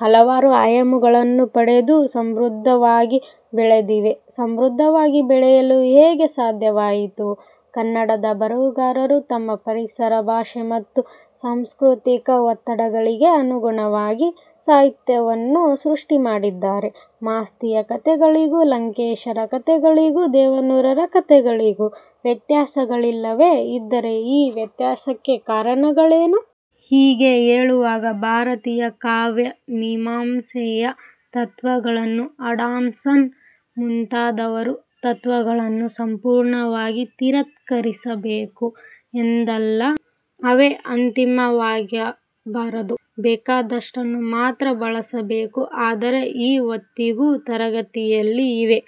ಹಲವಾರು ಆಯಾಮಗಳನ್ನು ಪಡೆದು ಸಮೃದ್ಧ ವಾಗಿ ಬೆಳೆದಿವೆ. ಸಮೃದ್ಧವಾಗಿ ಬೆಳೆಯಲು ಹೇಗೆ ಸಾಧ್ಯವಾಯಿತು? ಕನ್ನಡದ ಬರಹಗಾರರು ತಮ್ಮ ಪರಿಸರ, ಭಾಷೆ ಮತ್ತು ಸಾಂಸ್ಕೃತಿಕ ಒತ್ತಡಗಳಿಗೆ ಅನುಗುಣವಾಗಿ ಸಾಹಿತ್ಯವನ್ನು ಸೃಷ್ಟಿಮಾಡಿದ್ದಾರೆ. ಮಾಸ್ತಿಯ ಕಥೆಗಳಿಗೂ, ಲಂಕೇಶರ ಕಥೆಗಳಿಗೂ, ದೇವನೂರರ ಕಥೆ ಗಳಿಗೂ ವ್ಯತ್ಯಾಗಳಿಲ್ಲವೇ? ಇದ್ದರೆ ಈ ವ್ಯತ್ಯಾಸಕ್ಕೆ ಕಾರಣಗಳೇನು? ಹೀಗೆ ಹೇಳುವಾಗ ಭಾರತೀಯ ಕಾವ್ಯ ಮೀಮಾಂಸೆಯ ತತ್ವಗಳನ್ನು, ಹಡ್ಸನ್ ಮುಂತಾ ದವರ ತತ್ವಗಳನ್ನು ಸಂಪೂರ್ಣವಾಗಿ ತಿರಸ್ಕರಿಸಬೇಕು ಎಂದಲ್ಲ. ಅವೇ ಅಂತಿಮ ವಾಗಬಾರದು. ಬೇಕಾದಷ್ಟನ್ನು ಮಾತ್ರ ಬಳಸಬೇಕು. ಆದರೆ ಈ ಹೊತ್ತಿಗೂ ತರಗತಿಯಲ್ಲಿ ಇವೇ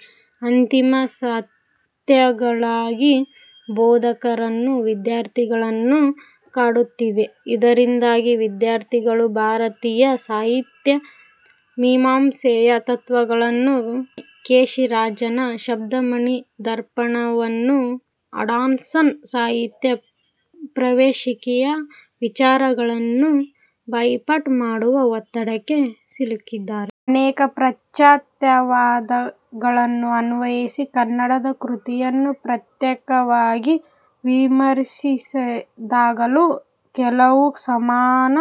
ಅಂತಿಮ ಸತ್ಯಗಳಾಗಿ ಬೋಧಕರನ್ನು, ವಿದ್ಯಾರ್ಥಿಗಳನ್ನು ಕಾಡುತ್ತಿವೆ. ಇದರಿಂದಾಗಿ ವಿದ್ಯಾರ್ಥಿಗಳು ಭಾರತೀಯ ಸಾಹಿತ್ಯ ಮೀಮಾಂಸೆಯ ತತ್ವಗಳನ್ನು, ಕೇಶಿರಾಜನ ಶಬ್ದಮಣಿ ದರ್ಪಣವನ್ನು ಹಡ್ಸನ್ನ ಸಾಹಿತ್ಯ ಪ್ರವೇಶಿಕೆಯ ವಿಚಾರಗಳನ್ನು ಬಾಯಿಪಾಠ ಮಾಡುವ ಒತ್ತಡಕ್ಕೆ ಸಿಲುಕಿದ್ದಾರೆ. ಅನೇಕ ಪಾಶ್ಚಾತ್ಯವಾದ ಗಳನ್ನು ಅನ್ವಯಿಸಿ ಕನ್ನಡದ ಕೃತಿಯನ್ನು ಪ್ರತ್ಯೇಕವಾಗಿ ವಿಮರ್ಶಿಸಿದಾಗಲೂ ಕೆಲವು ಸಮಾನ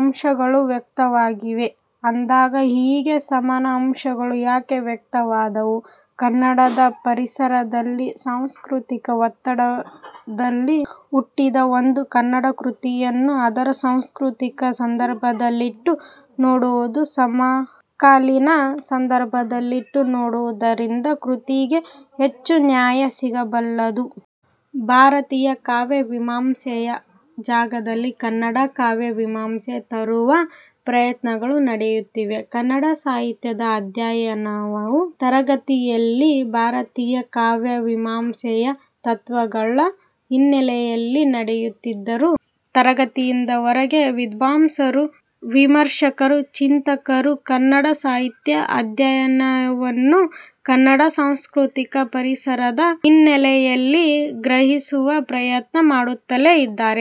ಅಂಶಗಳು ವ್ಯಕ್ತವಾಗಿವೆ. ಅಂದಾಗ ಹೀಗೆ ಸಮಾನ ಅಂಶಗಳು ಯಾಕೆ ವ್ಯಕ್ತವಾದವು? ಕನ್ನಡದ ಪರಿಸರದಲ್ಲಿ, ಸಾಂಸ್ಕೃತಿಕ ಒತ್ತಡದಲ್ಲಿ ಹುಟ್ಟಿದ ಒಂದು ಕನ್ನಡ ಕೃತಿಯನ್ನು ಅದರ ಸಾಂಸ್ಕೃತಿಕ ಸಂದರ್ಭದಲ್ಲಿಟ್ಟು ನೋಡುವುದು, ಸಮಕಾಲೀನ ಸಂದರ್ಭದಲ್ಲಿಟ್ಟು ನೋಡುವುದರಿಂದ ಕೃತಿಗೆ ಹೆಚ್ಚು ನ್ಯಾಯ ಸಿಗಬಲ್ಲದು. 'ಭಾರತೀಯ ಕಾವ್ಯ ಮೀಮಾಂಸೆ'ಯ ಜಾಗದಲ್ಲಿ 'ಕನ್ನಡ ಕಾವ್ಯ ಮೀಮಾಂಸೆ' ತರುವ ಪ್ರಯತ್ನಗಳು ನಡೆಯುತ್ತಿವೆ. ಕನ್ನಡ ಸಾಹಿತ್ಯದ ಅಧ್ಯಯನವು ತರಗತಿಗಳಲ್ಲಿ ಭಾರತೀಯ ಕಾವ್ಯ ಮೀಮಾಂಸೆಯ ತತ್ವಗಳ ಹಿನ್ನೆಲೆಯಲ್ಲಿ ನಡೆಯುತ್ತಿದ್ದರೂ, ತರಗತಿಯಿಂದ ಹೊರಗೆ ವಿದ್ವಾಂಸರು, ವಿಮರ್ಶಕರು, ಚಿಂತಕರು ಕನ್ನಡ ಸಾಹಿತ್ಯ ಅಧ್ಯಯನವನ್ನು ಕನ್ನಡ ಸಾಂಸ್ಕೃತಿಕ ಪರಿಸರದ ಹಿನ್ನೆಲೆಯಲ್ಲಿ ಗ್ರಹಿಸುವ ಪ್ರಯತ್ನ ಮಾಡುತ್ತಲೇ ಇದ್ದಾರೆ.